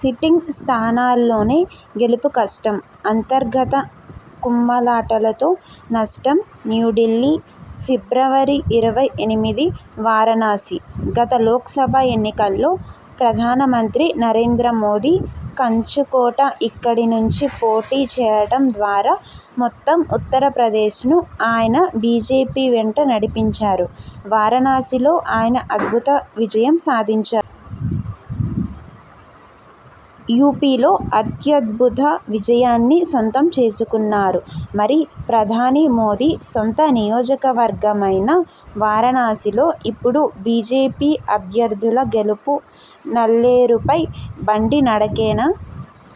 Sitting స్థానాల్లోనే గెలుపు కష్టం అంతర్గత కుమ్ములాటలతో నష్టం న్యూఢిల్లీ, ఫిబ్రవరి ఇరవై ఎనిమిది వారణాసి! గత లోక్ సభ ఎన్నికల్లో ప్రధాన మంత్రి నరేంద్ర మోదీ కంచుకోట ఇక్కడి నుంచి పోటీ చేయడం ద్వారా మొత్తం ఉత్తరప్రదేశ్ను ఆయన బీజేపీ వెంట నడిపించారు! వారణాసిలో ఆయన అద్భుత విజయం సాధించారు. యూపీలో అత్యద్భుత విజయాన్ని సొంతం చేసుకున్నారు! మరి, ప్రధాని మోదీ సొంత నియోజకవర్గమైన వారణాసిలో ఇప్పుడు బీజేపీ అభ్యర్థుల గెలుపు నల్లేరుపై బండి నడకేనా?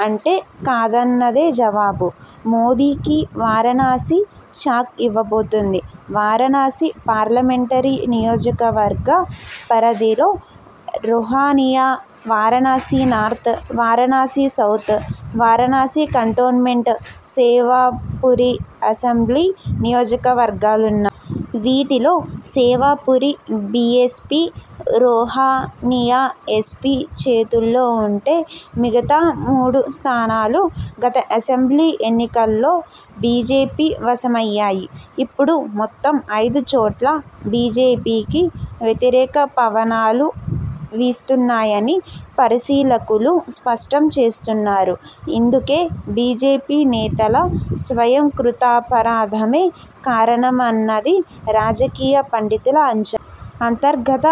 అంటే కాదన్నదే జవాబు! మోదీకి వారణాసి షాక్ ఇవ్వబోతోంది. వారణాసి పార్లమెంటరీ నియోజకవర్గ పరిధిలో Rohaniya, Varanasi north, Varanasi south, Varanasi cantonment, Sevapuri assembly నియోజకవర్గాలున్నాయి. వీటిలో సేవాపురి బీఎస్పీ, రొహానియా ఎస్పీ చేతు ల్లో ఉంటే, మిగతా మూడు స్థానాలు గత అసెంబ్లీ ఎన్నికల్లో బీజేపీ వశమయ్యాయి. ఇప్పుడు మొత్తం ఐదుచోట్లా బీజేపీకి వ్యతిరేక పవనాలు వీస్తున్నాయని పరిశీలకులు స్పష్టం చేస్తున్నారు. ఇందుకు బీజేపీ నేతల స్వయంకృతాపరాధమే కారణమన్నది రాజకీయ పండితుల అంచనా. అంతర్గత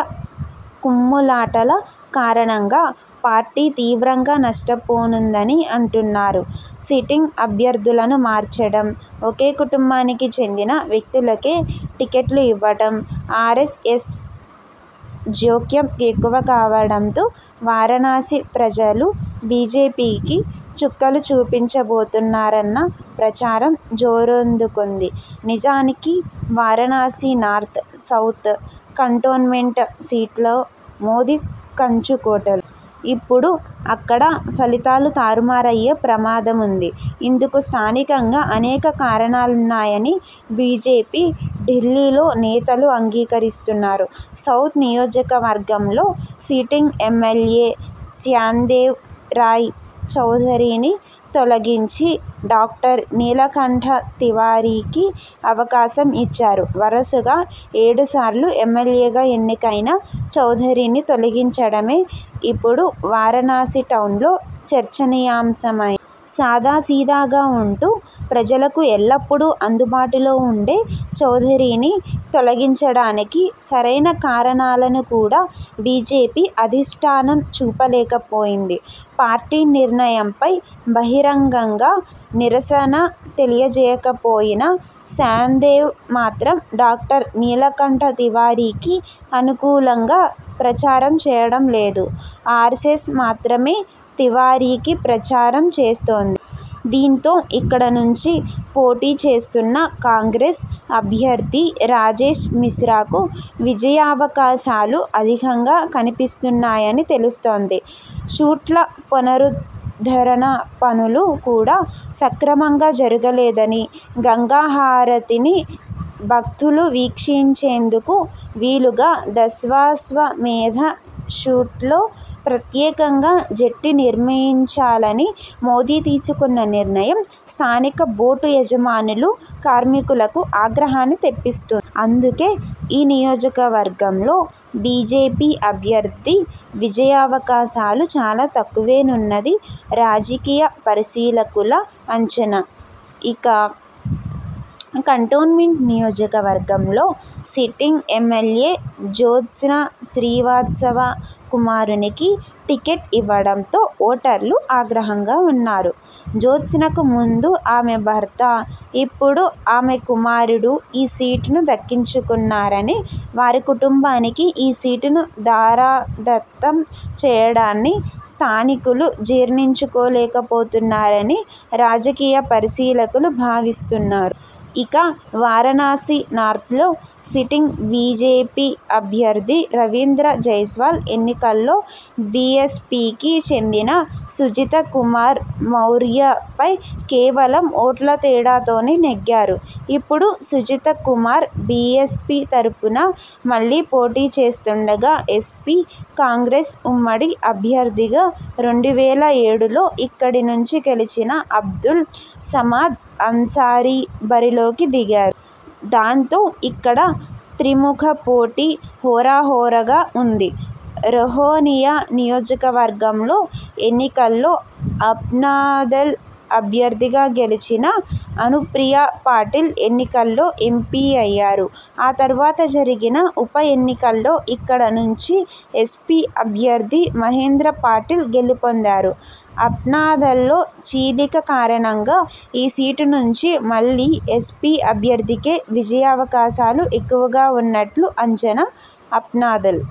కుమ్ములాటల కారణంగా పార్టీ తీవ్రంగా నష్టపోనుందని అంటున్నారు. సిటింగ్ అభ్యర్థులను మార్చడం, ఒకే కుటుంబానికి చెందిన వ్యక్తులకే టికెట్లు ఇవ్వడం, ఆర్ఎ్సఎస్ జోక్యం ఎక్కువ కావడంతో వారణాసి ప్రజలు బీజేపీకి చుక్కలు చూపించబోతున్నారన్న ప్రచారం జోరందుకుంది. నిజానికి, వారణాసి నార్త్, సౌత, కంటోన్మెంట్ సీట్లు మోదీ కంచుకోటలు. ఇప్పుడు అక్కడా ఫలితాలు తారుమారయ్యే ప్రమాదముంది. ఇందుకు స్థానికంగా అనేక కారణాలున్నాయని బీజేపీ ఢిల్లీ నేతలూ అంగీకరిస్తున్నారు. సౌత నియోజకవర్గంలో సిటింగ్ ఎమ్మెల్యే శ్యాందేవ్ రాయ్ చౌధరిని తొలగించి డాక్టర్ నీలకంఠ తివారీకి అవకాశం ఇచ్చారు. వరుసగా ఏడుసార్లు ఎమ్మెల్యేగా ఎన్నికైన చౌధరిని తొలగించడమే ఇప్పుడు వారణాసి టౌన్లో చర్చనీయాంశమైంది. సాదాసీదాగా ఉంటూ ప్రజలకు ఎల్లప్పుడూ అందుబాటులో ఉండే చౌధరిని తొలగించడానికి సరైన కారణాలను కూడా బీజేపీ అధిష్ఠానం చూపలేకపోయింది. పార్టీ నిర్ణయంపై బహిరంగంగా నిరసన తెలియజేయకపోయినా.. శ్యాందేవ్ మాత్రం డాక్టర్ నీలకంఠ తివారీకి అనుకూలంగా ప్రచారం చేయడం లేదు. ఆరెస్సెస్ మాత్రమే తివారీకి ప్రచారం చేస్తోంది. దీంతో, ఇక్కడ నుంచి పోటీ చేస్తున్న కాంగ్రెస్ అభ్యర్థి రాజేశ్ మిశ్రాకు విజయావకాశాలు అధికంగా కనిపిస్తున్నాయని తెలుస్తోంది. ఘాట్ల పునరుద్ధరణ పనులు కూడా సక్రమంగా జరగలేదని, గంగా హారతిని భక్తులు వీక్షించేందుకు వీలుగా దశాశ్వమేధ షూట్లో ప్రత్యేకంగా జెట్టీనినిర్మించాలని మోదీ తీసుకున్న నిర్ణయం స్థానిక బోటు యజమానులు, కార్మికులకు ఆగ్రహాన్ని తెప్పిస్తోంది. అందుకే ఈ నియోజకవర్గంలో బీజేపీ అభ్యర్థి విజయావకాశాలు చాలా తక్కువేనన్నది రాజకీయ పరిశీలకుల అంచనా. ఇక, కంటోన్మెంట్ నియోజకవర్గంలో సిటింగ్ ఎమ్మెల్యే జ్యోత్స్న శ్రీవాత్సవ కుమారునికి టికెట్ ఇవ్వడంతో ఓటర్లు ఆగ్రహంగా ఉన్నారు. జ్యోత్స్నకు ముందు ఆమె భర్త, ఇప్పుడు ఆమె కుమారుడు ఈ సీటును దక్కించుకున్నారని, వారి కుటుంబానికి ఈ సీటును ధారాదత్తం చేయడాన్ని స్థానికులు జీర్ణించుకోలేకపోతున్నారని రాజకీయ పరిశీలకులు భావిస్తున్నారు. ఇక, వారణాసి నార్త్లో సిటింగ్ బీజేపీ అభ్యర్థి రవీంద్ర జైస్వాల్ ఎన్నికల్లో బీఎస్పీకి చెందిన సుజిత కుమార్ మౌర్యపై కేవలం ఓట్ల తేడాతోనే నెగ్గారు. ఇప్పుడు సుజిత కుమార్ బీఎస్పీ తరపున మళ్లీ పోటీ చేస్తుండగా, ఎస్పీ-కాంగ్రెస్ ఉమ్మడి అభ్యర్థిగా రెండు వేల ఏడులో ఇక్కడి నుంచి గెలిచిన అబ్దుల్ సమాద్ అన్సారీ బరిలోకి దిగారు. దాంతో, ఇక్కడ త్రిముఖ పోటీ హోరాహోరాగా ఉంది. రొహానియా నియోజకవర్గంలో ఎన్నికల్లో అప్నాదళ్ అభ్యర్థిగా గెలిచిన అనుప్రియా పాటిల్ ఎన్నికల్లో ఎంపీ అయ్యారు. ఆ తర్వాత జరిగిన ఉప ఎన్నికల్లో ఇక్కడ నుంచి ఎస్పీ అభ్యర్థి మహేంద్ర పాటిల్ గెలుపొందారు. అప్నాదళ్లో చీలిక కారణంగా ఈ సీటు నుంచి మళ్లీ ఎస్పీ అభ్యర్థికే విజయావకాశాలు ఎక్కువగా ఉన్నట్లు అంచనా. అప్నాదళ్